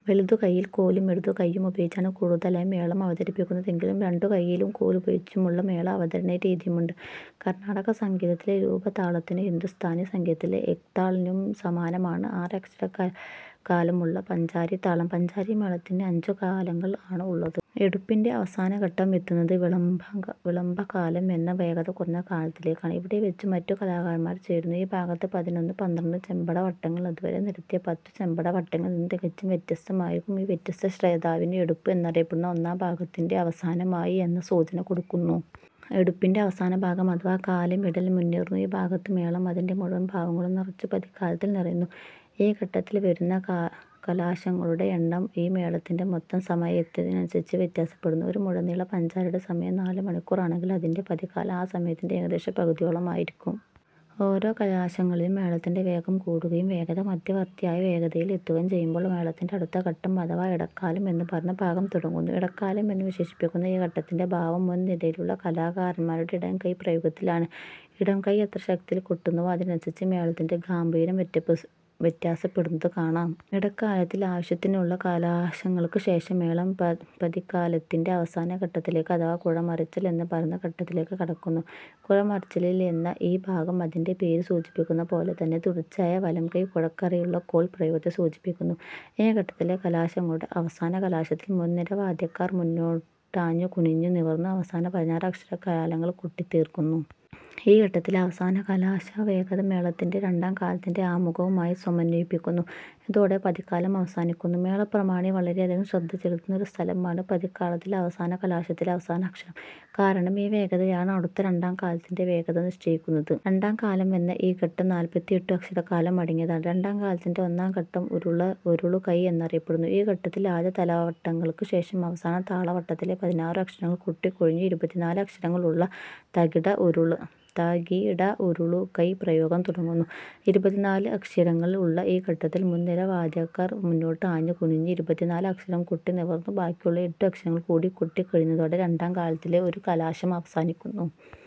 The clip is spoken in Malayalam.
വലതു കൈയിൽ കോലും ഇടതു കൈയ്യും ഉപയോഗിച്ചാണ് കൂടുതലായും മേളം അവതരിപ്പിക്കുന്നതെങ്കിലും രണ്ടു കൈയിലും കോൽ ഉപയോഗിച്ചുമുള്ള മേള അവതരണരീതിയുമുണ്ട്. കർണ്ണാടകസംഗീതത്തിലെ രൂപകതാളത്തിനും ഹിന്ദുസ്ഥാനി സംഗീതത്തിലെ ' ഏക് താൾ 'നും സമാനമാണ് ആറക്ഷരകാലമുള്ള പഞ്ചാരി താളം. പഞ്ചാരി മേളത്തിന് അഞ്ചു കാലങ്ങൾ ആണ് ഉള്ളത്. എടുപ്പിന്റെ അവസാന ഘട്ടം എത്തുന്നത് വിളംബകാലം എന്ന വേഗത കുറഞ്ഞ കാലത്തിലേക്ക് ആണ്. ഇവിടെ വെച്ചു മറ്റു കലാകാരന്മാർ ചേരുന്നു. ഈ ഭാഗത്ത് പതിനൊന്ന് പന്ത്രണ്ട് ചെമ്പട വട്ടങ്ങൾ അതുവരെ നിരത്തിയ പത്തു ചെമ്പട വട്ടങ്ങളിൽ നിന്ന് തികച്ചും വ്യത്യസ്തം ആയിരിക്കും ഈ വ്യത്യസ്തത ശ്രോതാവിനു എടുപ്പ് എന്നറിയപ്പെടുന്ന ഒന്നാം ഭാഗത്തിന്റെ അവസാനം ആയി എന്ന സൂചന കൊടുക്കുന്നു. എടുപ്പിന്റെ അവസാനഭാഗം അഥവാ കാലമിടൽ മുന്നേറുന്നു ഈ ഭാഗത്ത് മേളം അതിന്റെ മുഴുവൻ ഭാവങ്ങളും നിറച്ചു പതികാലത്തിൽ നിറയുന്നു. ഈ ഘട്ടത്തിൽ വരുന്ന കലാശങ്ങളുടെ എണ്ണം ഈ മേളത്തിന്റെ മൊത്തം സമയത്തിനനുസരിച്ച് വ്യത്യസപെടുന്നു. ഒരു മുഴുനീള പാഞ്ചാരിയുടെ സമയം നാലു മണിക്കൂർ ആണെങ്കിൽ അതിന്റെ പതികാലം ആ സമയത്തിന്റെ ഏകദേശം പകുതിയോളം ആയിരിക്കും. ഓരോ കലാശങ്ങളിലും മേളത്തിന്റെ വേഗം കൂടുകയും വേഗത മധ്യവർത്തിയായ വേഗതയിൽ എത്തുകയും ചെയ്യുമ്പോൾ മേളത്തിന്റെ അടുത്ത ഘട്ടം അഥവാ ഇടകാലം എന്ന് പറയുന്ന ഭാഗം തുടങ്ങുന്നു ഇടകാലം എന്നു വിശേഷിപിക്കുന്ന ഈ ഘട്ടത്തിന്റെ ഭാവം മുൻ നിരയിലുള്ള കലാകാരന്മാരുടെ ഇടം കൈ പ്രയോഗത്തിൽ ആണ്. ഇടം കൈ എത്ര ശക്തിയിൽ കൊട്ടുന്നുവോ അതിനനുസരിച്ച് മേളത്തിന്റെ ഗാംഭീര്യം വ്യതസപെടുന്നത് കാണാം. ഇടകാലത്തിൽ ആവശ്യത്തിനുള്ള കലാശങ്ങൾക്ക് ശേഷം മേളം പതികാലതിന്റെ അവസാന ഘട്ടത്തിലേക്ക് അഥവാ കുഴമറിച്ചിൽ എന്ന് പറയുന്ന ഘട്ടത്തിലേക്ക് കടക്കുന്നു. കുഴമറിച്ചിൽ എന്ന ഈ ഭാഗം അതിന്റെ പേര് സൂചിപ്പിക്കുന്ന പോലെ തന്നെ തുടർച്ചയായ വലംകൈ കുഴ കറക്കിയുള്ള കോൽ പ്രയോഗത്തെ സൂചിപ്പിക്കുന്നു. ഈ ഘട്ടത്തിലെ കലാശങ്ങളുടെ അവസാന കലാശത്തിൽ മുൻനിര വാദ്യക്കാർ മുന്നോട്ടാഞ്ഞു കുനിഞ്ഞു നിവർന്നു അവസാന പതിനാറു അക്ഷരകാലങ്ങൾ കൊട്ടി തീർക്കുന്നു. ഈ ഘട്ടത്തിലെ അവസാന കലാശവേഗത മേളത്തിന്റെ രണ്ടാം കാലത്തിന്റെ ആമുഘവുമായി സമന്വയിപ്പിക്കുന്നു. ഇതോടെ പതികാലം അവസാനിക്കുന്നു. മേള പ്രമാണി വളരെയധികം ശ്രദ്ധ ചെലുത്തുന്ന ഒരു സ്ഥലം ആണ് പതികാളത്തിലെ അവസാന കലാശത്തിലെ അവസാന അക്ഷരം. കാരണം ഈ വേഗതയാണ് അടുത്ത രണ്ടാം കാലത്തിന്റെ വേഗത നിശ്ചയിക്കുന്നത്. രണ്ടാം കാലം എന്ന ഈ ഘട്ടം നാല്പതിഎട്ടു അക്ഷരകാലം അടങ്ങിയതാണ്. രണ്ടാം കാലത്തിന്റെ ഒന്നാം ഘട്ടം ഉരുളുകൈ എന്നറിയപ്പെടുന്നു. ഈ ഘട്ടത്തിൽ ആദ്യ താലവട്ടങ്ങൾക്ക് ശേഷം, അവസാന താളവട്ടത്തിലെ പതിനാറു അക്ഷരങ്ങൾ കൊട്ടിക്കഴിഞ്ഞു ഇരുപത്തിനാല് അക്ഷരങ്ങൾ ഉള്ള ത-കി-ട ഉരുളുകൈ പ്രയോഗം തുടങ്ങുന്നു. ഇരുപത്തിനാല് അക്ഷരങ്ങൾ ഉള്ള ഈ ഘട്ടത്തിൽ മുൻനിര വാദ്യക്കാർ മുന്നോട്ട് ആഞ്ഞു കുനിഞ്ഞു ഇരുപത്തിനാല് അക്ഷരം കൊട്ടി നിവർന്നു ബാക്കിയുള്ള എട്ടു അക്ഷരങ്ങൾ കൂടി കൊട്ടി കഴിയുന്നതോടെ രണ്ടാം കാലത്തിലെ ഒരു കലാശം അവസാനിക്കുന്നു.